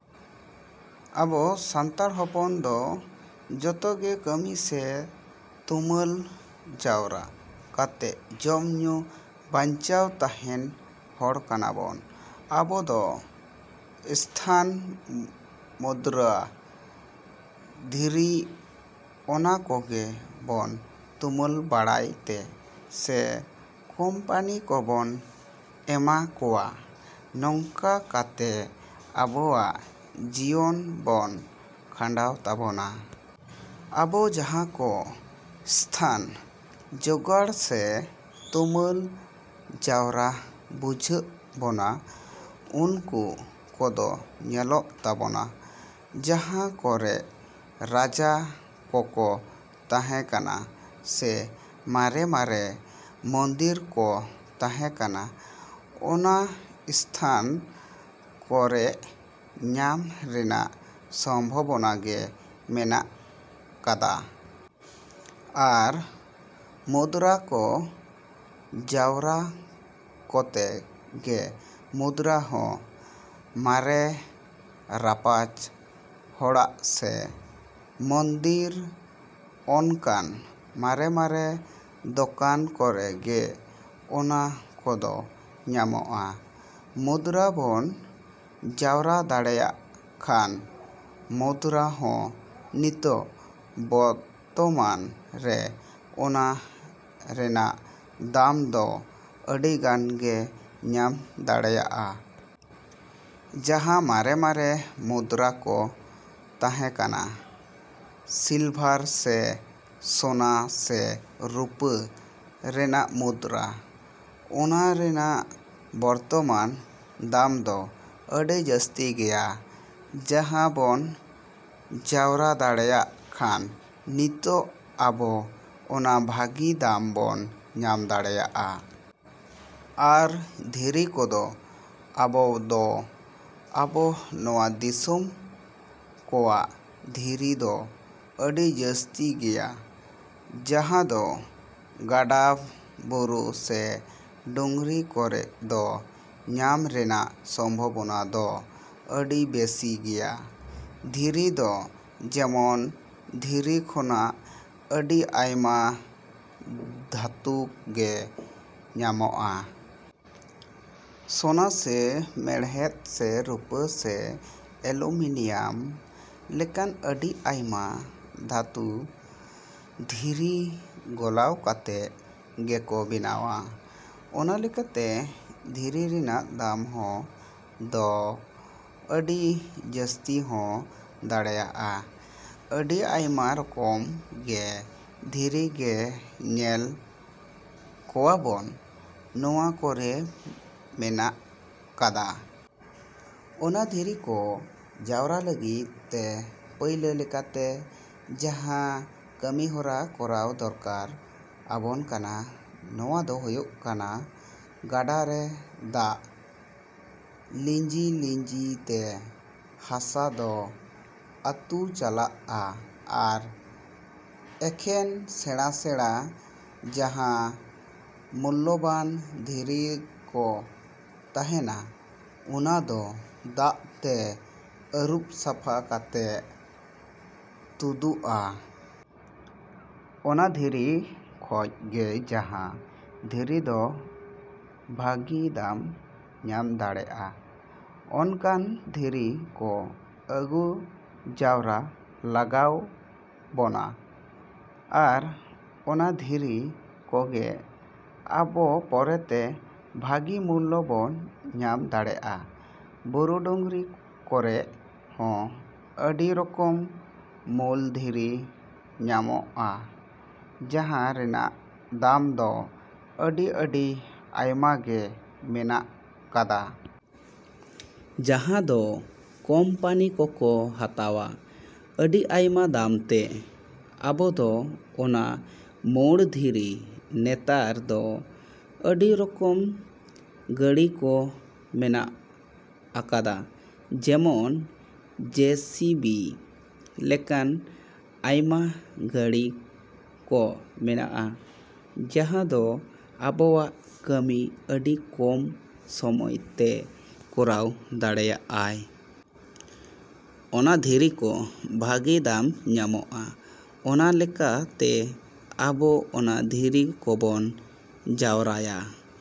‎ᱟᱵᱚ ᱥᱟᱱᱛᱟᱲ ᱦᱚᱯᱚᱱ ᱫᱚ ᱡᱷᱚᱛᱚ ᱜᱮ ᱠᱟᱹᱢᱤ ᱥᱮ ᱛᱩᱢᱟᱹᱞ ᱡᱟᱣᱨᱟ ᱠᱟᱛᱮᱜ ᱡᱚᱢ ᱧᱩ ᱵᱟᱧᱪᱟᱣ ᱛᱟᱦᱮᱱ ᱦᱚᱲ ᱠᱟᱱᱟ ᱵᱚᱱ᱾ ᱟᱵᱚ ᱫᱚ ᱮᱥᱛᱷᱟᱱ, ᱢᱩᱫᱽᱨᱟ, ᱫᱷᱤᱨᱤ ᱚᱱᱟ ᱠᱚᱜᱮ ᱵᱚᱱ ᱛᱩᱢᱟᱹᱞ ᱵᱟᱲᱟᱭ ᱛᱮ ᱥᱮ ᱠᱚᱢᱯᱟᱱᱤ ᱠᱚᱵᱚᱱ ᱮᱢᱟ ᱠᱚᱣᱟ ᱱᱚᱝᱠᱟ ᱠᱚᱛᱮ ᱟᱵᱚᱣᱟᱜ ᱡᱤᱭᱚᱱ ᱵᱚᱱ ᱠᱷᱟᱱᱰᱟᱣ ᱛᱟᱵᱚᱱᱟ᱾ ᱟᱵᱚ ᱡᱟᱦᱟᱸ ᱠᱚ ᱮᱥᱛᱷᱟᱱ ᱡᱚᱜᱟᱲ ᱥᱮ ᱛᱩᱢᱟᱹᱞ ᱡᱟᱣᱨᱟ ᱵᱩᱡᱷᱟᱹᱜ ᱵᱚᱱᱟ ᱩᱱᱠᱩ ᱠᱚᱫᱚ ᱧᱮᱞᱚᱜ ᱛᱟᱵᱚᱱᱟ ᱡᱟᱦᱟᱸ ᱠᱚᱨᱮᱜ ᱨᱟᱡᱟ ᱠᱚᱠᱚ ᱛᱟᱦᱮᱸ ᱠᱟᱱᱟ ᱥᱮ ᱢᱟᱨᱮᱼᱢᱟᱨᱮ ᱢᱚᱱᱫᱤᱨ ᱠᱚ ᱛᱟᱦᱮᱸ ᱠᱟᱱᱟ ᱚᱱᱟ ᱮᱥᱛᱷᱟᱱ ᱠᱚᱨᱮᱜ ᱧᱟᱢ ᱨᱮᱱᱟᱜ ᱥᱚᱢᱵᱷᱚᱵᱚᱱᱟ ᱜᱮ ᱢᱮᱱᱟᱜ ᱠᱟᱫᱟ᱾ ᱟᱨ ᱢᱩᱫᱽᱨᱟ ᱠᱚ ᱡᱟᱣᱨᱟ ᱠᱚᱛᱮ ᱜᱮ ᱢᱩᱫᱽᱨᱟ ᱦᱚᱸ ᱢᱟᱨᱮ ᱨᱟᱯᱟᱡᱽ ᱦᱚᱲᱟᱜ ᱥᱮ ᱢᱚᱱᱫᱤᱨ ᱚᱱᱠᱟᱱ ᱢᱟᱨᱮᱼᱢᱟᱨᱮ ᱫᱚᱠᱟᱱ ᱠᱚᱨᱮ ᱜᱮ ᱚᱱᱟ ᱠᱚᱫᱚ ᱧᱟᱢᱚᱜᱼᱟ᱾ ᱢᱩᱫᱽᱨᱟ ᱵᱚᱱ ᱡᱟᱣᱨᱟ ᱫᱟᱲᱮᱭᱟᱜ ᱠᱷᱟᱱ ᱢᱩᱫᱽᱨᱟ ᱦᱚᱸ ᱱᱤᱛᱚᱜ ᱵᱚᱨᱛᱚᱢᱟᱱ ᱨᱮ ᱚᱱᱟ ᱨᱮᱱᱟᱜ ᱫᱟᱢ ᱫᱚ ᱟᱹᱰᱤᱜᱟᱱ ᱜᱮ ᱧᱟᱢ ᱫᱟᱲᱮᱭᱟᱜᱼᱟ᱾ ᱡᱟᱦᱟᱸ ᱢᱟᱨᱮᱼᱢᱟᱨᱮ ᱢᱩᱫᱽᱨᱟ ᱠᱚ ᱛᱟᱦᱮᱸ ᱠᱟᱱᱟ ᱥᱤᱞᱵᱷᱟᱨ ᱥᱮ ᱥᱳᱱᱟ ᱥᱮ ᱨᱩᱯᱟᱹ ᱨᱮᱱᱟᱜ ᱢᱩᱫᱽᱨᱟ ᱚᱱᱟ ᱨᱮᱱᱟᱜ ᱵᱚᱨᱛᱚᱢᱟᱱ ᱫᱟᱢ ᱫᱚ ᱟᱹᱰᱤ ᱡᱟᱹᱥᱛᱤ ᱜᱮᱭᱟ ᱡᱟᱦᱟᱸ ᱵᱚᱱ ᱡᱟᱣᱨᱟ ᱫᱟᱲᱮᱭᱟᱜ ᱠᱷᱟᱱ ᱱᱤᱛᱚᱜ ᱟᱵᱚ ᱚᱱᱟ ᱵᱷᱟᱹᱜᱤ ᱫᱟᱢ ᱵᱚᱱ ᱧᱟᱢ ᱫᱟᱲᱮᱭᱟᱜᱼᱟ᱾ ᱟᱨ ᱫᱷᱤᱨᱤ ᱠᱚᱫᱚ ᱟᱵᱚ ᱫᱚ ᱟᱵᱚ ᱱᱚᱣᱟ ᱫᱤᱥᱚᱢ ᱠᱚᱣᱟᱜ ᱫᱷᱤᱨᱤ ᱫᱚ ᱟᱹᱰᱤ ᱡᱟᱹᱥᱛᱤ ᱜᱮᱭᱟ ᱡᱟᱦᱟᱸ ᱫᱚ ᱜᱟᱰᱟ ᱵᱩᱨᱩ ᱥᱮ ᱰᱩᱝᱨᱤ ᱠᱚᱨᱮᱜ ᱫᱚ ᱧᱟᱢ ᱨᱮᱱᱟᱜ ᱥᱚᱢᱵᱷᱚᱵᱚᱱᱟ ᱫᱚ ᱟᱹᱰᱤ ᱵᱮᱥᱤ ᱜᱮᱭᱟ᱾ ᱫᱷᱤᱨᱤ ᱫᱚ ᱡᱮᱢᱚᱱ ᱫᱷᱤᱨᱤ ᱠᱷᱚᱱᱟᱜ ᱟᱹᱰᱤ ᱟᱭᱢᱟ ᱫᱷᱟᱹᱛᱩ ᱜᱮ ᱧᱟᱢᱚᱜᱼᱟ᱾ ᱥᱳᱱᱟ ᱥᱮ ᱢᱮᱲᱦᱮᱫ ᱥᱮ ᱨᱩᱯᱟᱹ ᱥᱮ ᱮᱞᱩᱢᱤᱱᱤᱭᱟᱢ ᱞᱮᱠᱟᱱ ᱟᱹᱰᱤ ᱟᱭᱢᱟ ᱫᱷᱟᱹᱛᱩ ᱫᱷᱤᱨᱤ ᱜᱚᱞᱟᱣ ᱠᱟᱛᱮᱜ ᱜᱮᱠᱚ ᱵᱮᱱᱟᱣᱟ᱾ ᱚᱱᱟ ᱞᱮᱠᱟᱛᱮ ᱫᱷᱤᱨᱤ ᱨᱮᱱᱟᱜ ᱫᱟᱢ ᱦᱚᱸ ᱫᱚ ᱟᱹᱰᱤ ᱡᱟᱹᱥᱛᱤ ᱦᱚᱸ ᱫᱟᱲᱮᱭᱟᱜᱼᱟ᱾ ᱟᱹᱰᱤ ᱟᱭᱢᱟ ᱨᱚᱠᱚᱢ ᱜᱮ ᱫᱷᱤᱨᱤ ᱜᱮ ᱧᱮᱞ ᱠᱚᱣᱟᱵᱚᱱ ᱱᱚᱣᱟ ᱠᱚᱨᱮ ᱢᱮᱱᱟᱜ ᱠᱟᱫᱟ᱾ ᱚᱱᱟ ᱫᱷᱤᱨᱤ ᱠᱚ ᱡᱟᱣᱨᱟ ᱞᱟᱹᱜᱤᱫ ᱛᱮ ᱯᱟᱹᱭᱞᱟᱹ ᱞᱮᱠᱟᱛᱮ ᱡᱟᱦᱟᱸ ᱠᱟᱹᱢᱤᱦᱚᱨᱟ ᱠᱚᱨᱟᱣ ᱫᱚᱨᱠᱟᱨ ᱟᱵᱚᱱ ᱠᱟᱱᱟ ᱱᱚᱣᱟ ᱫᱚ ᱦᱩᱭᱩᱜ ᱠᱟᱱᱟ ᱜᱟᱰᱟ ᱨᱮ ᱫᱟᱜ ᱞᱤᱸᱡᱤᱼᱞᱤᱸᱡᱤᱛᱮ ᱦᱟᱥᱟ ᱫᱚ ᱟᱹᱛᱩ ᱪᱟᱞᱟᱜᱼᱟ ᱟᱨ ᱮᱠᱷᱮᱱ ᱥᱮᱬᱟᱼᱥᱮᱬᱟ ᱡᱟᱦᱟᱸ ᱢᱩᱞᱞᱚᱵᱟᱱ ᱫᱷᱤᱨᱤ ᱠᱚ ᱛᱟᱦᱮᱱᱟ ᱚᱱᱟ ᱫᱚ ᱫᱟᱜ ᱛᱮ ᱟᱹᱨᱩᱵ ᱥᱟᱯᱷᱟ ᱠᱟᱛᱮᱜ ᱛᱩᱫᱩᱜᱼᱟ᱾ ᱚᱱᱟ ᱫᱷᱤᱨᱤ ᱠᱷᱚᱡ ᱜᱮ ᱡᱟᱦᱟᱸ ᱫᱷᱤᱨᱤ ᱫᱚ ᱵᱷᱟᱹᱜᱤ ᱫᱟᱢ ᱧᱟᱢ ᱫᱟᱲᱮᱜᱼᱟ ᱚᱱᱠᱟᱱ ᱫᱷᱤᱨᱤ ᱠᱚ ᱟᱹᱜᱩ ᱡᱟᱣᱨᱟ ᱞᱟᱜᱟᱣ ᱵᱚᱱᱟ ᱟᱨ ᱚᱱᱟ ᱫᱷᱤᱨᱤ ᱠᱚᱜᱮ ᱟᱵᱚ ᱯᱚᱨᱮᱛᱮ ᱵᱷᱟᱹᱜᱤ ᱢᱩᱞᱞᱚ ᱵᱚᱱ ᱧᱟᱢ ᱫᱟᱲᱮᱭᱟᱜᱼᱟ᱾ ᱵᱩᱨᱩ ᱰᱩᱝᱨᱤ ᱠᱚᱨᱮᱜ ᱦᱚᱸ ᱟᱹᱰᱤ ᱨᱚᱠᱚᱢ ᱢᱩᱞ ᱫᱷᱤᱨᱤ ᱧᱟᱢᱚᱜᱼᱟ ᱡᱟᱦᱟᱸ ᱨᱮᱱᱟᱜ ᱫᱟᱢ ᱫᱚ ᱟᱹᱰᱤᱼᱟᱹᱰᱤ ᱟᱭᱢᱟ ᱜᱮ ᱢᱮᱱᱟᱜ ᱠᱟᱫᱟ᱾ ᱡᱟᱦᱟᱸ ᱫᱚ ᱠᱚᱢᱯᱟᱱᱤ ᱠᱚᱠᱚ ᱦᱟᱛᱟᱣᱟ ᱟᱹᱰᱤ ᱟᱭᱢᱟ ᱫᱟᱢ ᱛᱮ᱾ ᱟᱵᱚ ᱫᱚ ᱚᱱᱟ ᱢᱩᱲ ᱫᱷᱤᱨᱤ ᱱᱮᱛᱟᱨ ᱫᱚ ᱟᱹᱰᱤ ᱨᱚᱠᱚᱢ ᱜᱟᱹᱲᱤ ᱠᱚ ᱢᱮᱱᱟᱜ ᱟᱠᱟᱫᱟ ᱡᱮᱢᱚᱱ ᱡᱮ ᱥᱤ ᱵᱤ ᱞᱮᱠᱟᱱ ᱟᱭᱢᱟ ᱜᱟᱹᱲᱤ ᱠᱚ ᱢᱮᱱᱟᱜᱼᱟ ᱡᱟᱦᱟᱸ ᱫᱚ ᱟᱵᱚᱣᱟᱜ ᱠᱟᱹᱢᱤ ᱟᱹᱰᱤ ᱠᱚᱢ ᱥᱚᱢᱚᱭ ᱛᱮ ᱠᱚᱨᱟᱣ ᱫᱟᱲᱮᱭᱟᱜᱼᱟᱭ᱾ ᱚᱱᱟ ᱫᱷᱤᱨᱤ ᱠᱚ ᱵᱷᱟᱹᱜᱤ ᱫᱟᱢ ᱧᱟᱢᱚᱜᱼᱟ᱾ ᱚᱱᱟ ᱞᱮᱠᱟ ᱛᱮ ᱟᱵᱚ ᱚᱱᱟ ᱫᱷᱤᱨᱤ ᱠᱚᱵᱚᱱ ᱡᱟᱣᱨᱟᱭᱟ।